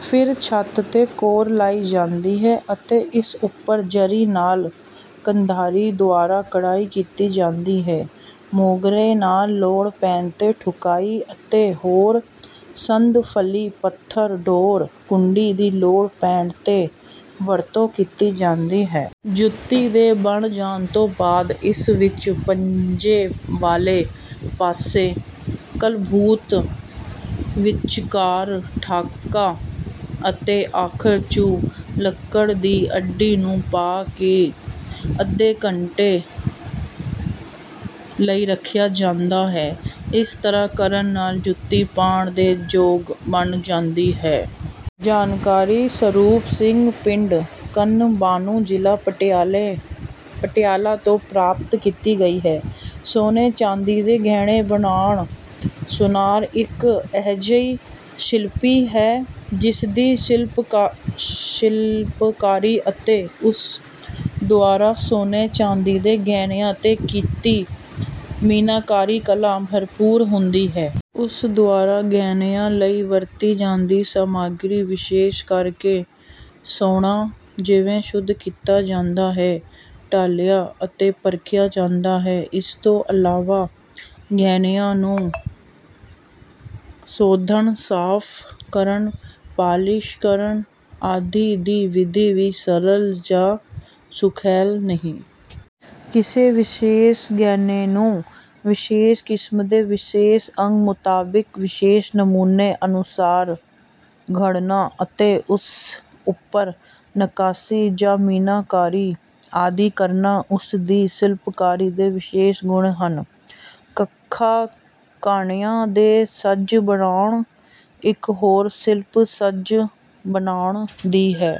ਫਿਰ ਛੱਤ ਤੇ ਕੋਰ ਲਾਈ ਜਾਂਦੀ ਹੈ ਅਤੇ ਇਸ ਉੱਪਰ ਜਰੀ ਨਾਲ 'ਕੰਢਾਰੀ' ਦੁਆਰਾ ਕਢਾਈ ਕੀਤੀ ਜਾਂਦੀ ਹੈ। ਮੋਗਰੇ ਨਾਲ ਲੋੜ ਪੈਣ ਤੇ ਠੁਕਾਈ ਅਤੇ ਹੋਰ ਸੰਦ ਫਲੀ, ਪੱਥਰ, ਡੋਰ, ਕੁੰਡੀ, ਦੀ ਲੋੜ ਪੈਣ ਤੇ ਵਰਤੋਂ ਕੀਤੀ ਜਾਦੀਂ ਹੈ। ਜੁੱਤੀ ਦੇ ਬਣ ਜਾਣ ਤੋਂ ਬਾਦ ਇਸ ਵਿੱਚ ਪੰਜੇ ਵਾਲੇ ਪਾਸੇ ਕਲਬੂਤ, ਵਿਚਕਾਰ ਠਾਕਾ ਅਤੇ ਅਖੀਰ ਚ ਲੱਕੜ ਦੀ ਅੱਡੀ ਨੂੰ ਪਾ ਕੇ ਘੰਟੇ ਅੱਧੇ ਘੰਟੇ ਲਈ ਰੱਖਿਆ ਜਾਂਦਾ ਹੈ। ਇਸ ਤਰ੍ਹਾਂ ਕਰਨ ਨਾਲ ਜੁੱਤੀ ਪਾਉਣ ਦੇ ਯੋਗ ਬਣ ਜਾਂਦੀ ਹੈ।"ਉੱਪਰੋਕਤ ਜਾਣਕਾਰੀ ਸਰੂਪ ਸਿੰਘ ਪਿੰਡ, ਕਨਵਾਨੂੰ ਜ਼ਿਲ੍ਹਾ ਪਟਿਆਲਾ ਤੋਂ ਪ੍ਰਾਪਤ ਕੀਤੀ ਗਈ ਹੈ:ਸੋਨੇ-ਚਾਂਦੀ ਦੇ ਗਹਿਣੇ ਬਣਾਣ: ਸੁਨਿਆਰ ਇੱਕ ਅਜਿਹਾ ਸ਼ਿਲਪੀ ਹੈ, ਜਿਸ ਦੀ ਸ਼ਿਲਪਕਾਰੀ ਅਤੇ ਉਸ ਦੁਆਰਾ ਸੋਨੇ-ਚਾਂਦੀ ਦੇ ਗਹਿਣਿਆਂ ਤੇ ਕੀਤੀ ਮੀਨਾਕਾਰੀ ਕਲਾ ਭਰਪੂਰ ਹੁੰਦੀ ਹੈ। ਉਸ ਦੁਆਰਾ "ਗਹਿਣਿਆਂ ਲਈ ਵਰਤੀ ਜਾਂਦੀ ਸਮੱਗਰੀ ਵਿਸ਼ੇਸ਼ ਕਰ ਕੇ ਸੋਨਾ ਜਿਵੇਂ ਸ਼ੁੱਧ ਕੀਤਾ ਜਾਂਦਾ ਹੈ, ਢਾਲਿਆ ਅਤੇ ਪਰਖਿਆ ਜਾਂਦਾ ਹੈ। ਇਸ ਤੋਂ ਇਲਾਵਾਂ ਗਹਿਣਿਆਂ ਨੂੰ ਸੋਧਣ, ਸਾਫ਼ ਕਰਨ, ਪਾਲਸ਼ ਕਰਨ ਆਦਿ ਦੀ ਵਿਧੀ ਵੀ ਸਰਲ ਜਾਂ ਸੁਖੈਲ ਨਹੀਂ। ਕਿਸੇ ਵਿਸ਼ੇਸ਼ ਗਹਿਣੇ ਨੂੰ ਵਿਸ਼ੇਸ਼ ਜਿਸਮ ਦੇ ਵਿਸ਼ੇਸ਼ ਅੰਗ ਮੁਤਾਬਕ ਵਿਸ਼ੇਸ਼ ਨਮੂਨੇ ਅਨੁਸਾਰ ਘੜਨਾ ਅਤੇ ਇਸ ਉੱਪਰ ਨੱਕਾਸ਼ੀ ਜਾਂ ਮੀਨਾਕਾਰੀ ਆਦਿ ਕਰਨਾ। ਉਸ ਦੀ ਸ਼ਿਲਪਕਾਰੀ ਦੇ ਵਿਸ਼ੇਸ਼ ਗੁਣ ਹਨ। ਕੱਖਾਂ-ਕਾਨਿਆਂ ਦੇ ਛੱਜ ਬਣਾਉਣ: ਇਕ ਹੋਰ ਸ਼ਿਲਪ ਛੱਜ ਬਣਾਉਣ ਦੀ ਹੈ।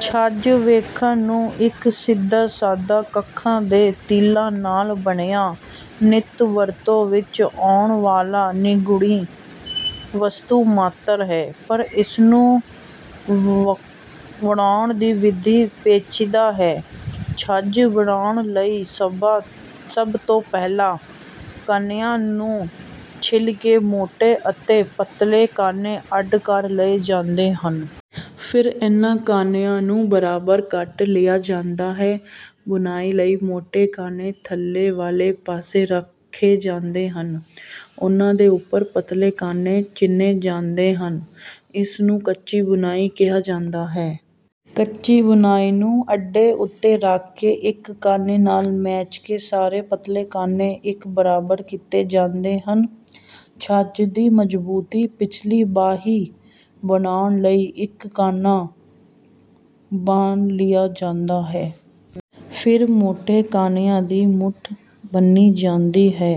"ਛੱਜ ਵੇਖਣ ਨੂੰ ਇੱਕ ਸਿੱਧਾ ਸਾਧਾ ਕੱਖਾਂ ਤੇ ਤੀਲਾਂ ਨਾਲ ਬਣਿਆ ਨਿਤ ਵਰਤੋਂ ਵਿੱਚ ਆਉਣ ਵਾਲਾ ਨਿਗੂਣੀ ਵਸਤੂ ਮਾਤਰ ਹੈ, ਪਰ ਇਸਨੂੰ ਬਣਾਉਣ ਦੀ ਵਿਧੀ ਪੇਚੀਦਾ ਹੈ। ਛੱਜ ਬਣਾਉਣ ਲਈ ਸਭ ਤੋਂ ਪਹਿਲਾਂ ਕਾਨਿਆਂ ਨੂੰ ਛਿੱਲ ਕੇ ਮੋਟੇ ਅਤੇ ਪਤਲੇ ਕਾਨੇ ਅੱਡ ਕਰ ਲਏ ਜਾਂਦੇ ਹਨ। ਫਿਰ ਇਨ੍ਹਾਂ ਕਾਨਿਆਂ ਨੂੰ ਬਰਾਬਰ ਕੱਟ ਲਿਆ ਜਾਂਦਾ ਹੈ। ਬੁਣਾਈ ਲਈ ਮੋਟੇ ਕਾਨੇ ਥੱਲੇ ਵਾਲੇ ਪਾਸੇ ਰਖੇ ਜਾਂਦੇ ਹਨ। ਉਨ੍ਹਾਂ ਦੇ ਉੱਪਰ ਪਤਲੇ ਕਾਨੇ ਚਿਣੇ ਜਾਂਦੇ ਹਨ। ਇਸ ਨੂੰ 'ਕੱਚੀ ਬੁਣਾਈ' ਕਿਹਾ ਜਾਂਦਾ ਹੈ। ਕੱਚੀ ਬੁਣਾਈ ਨੂੰ ਅੱਡੇ ਉੱਤੇ ਰਖ ਕੇ ਇੱਕ ਕਾਨੇ ਨਾਲ ਮੇਚ ਕੇ ਸਾਰੇ ਪਤਲੇ ਕਾਨੇ ਇੱਕ ਬਰਾਬਰ ਕੀਤੇ ਜਾਂਦੇ ਹਨ। ਛੱਜ ਦੀ ਮਜ਼ਬੂਤ ਪਿਛਲੀ ਬਾਹੀ ਬਣਾਉਣ ਲਈ ਇੱਕ ਕਾਨਾ ਬੰਨ੍ਹ ਲਿਆ ਜਾਂਦਾ ਹੈ। ਫਿਰ ਮੋਟੇ ਕਾਨਿਆਂ ਦੀ ਮੁੱਠ ਬੱਨ੍ਹੀ ਜਾਂਦੀ ਹੈ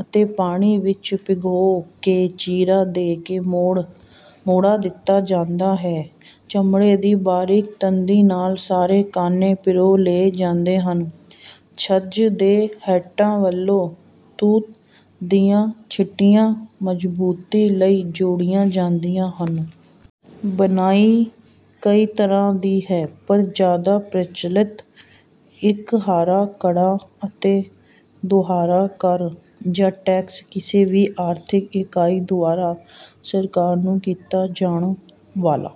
ਅਤੇ ਪਾਣੀ ਵਿੱਚ ਭਿਉਂਕੇ ਚੀਰਾ ਦੇ ਕੇ ਮੋੜਾ ਦਿਤਾ ਜਾਂਦਾ ਹੈ। ਚਮੜੇ ਦੀ ਬਾਰੀਕ ਤੰਦੀ ਨਾਲ ਸਾਰੇ ਕਾਨੇ ਪਿਰੋ ਲਏ ਜਾਂਦੇ। ਛੱਜ ਦੇ ਹੇਠਾਂ ਵਲ ਤੂਤ ਦੀਆਂ ਛਿਟੀਆਂ ਮਜ਼ਬੂਤੀ ਲਈ ਜੋੜੀਆਂ ਜਾਂਦੀਆਂ ਹਨ। ਬੁਣਾਈ ਕਈ ਤਰ੍ਹਾਂ ਦੀ ਹੈ। ਪਰ ਜਿਆਦਾ ਪ੍ਰਚਲਿਤ 'ਇਕ ਹਰਾ-ਕੜਾ' ਅਤੇ 'ਦੁਹਰਾ। ਕਰ ਜਾਂ ਟੈਕਸ ਕਿਸੇ ਵੀ ਆਰਥਿਕ ਇਕਾਈ ਦੁਆਰਾ ਸਰਕਾਰ ਨੂੰ ਕੀਤਾ ਜਾਣ ਵਾਲਾ...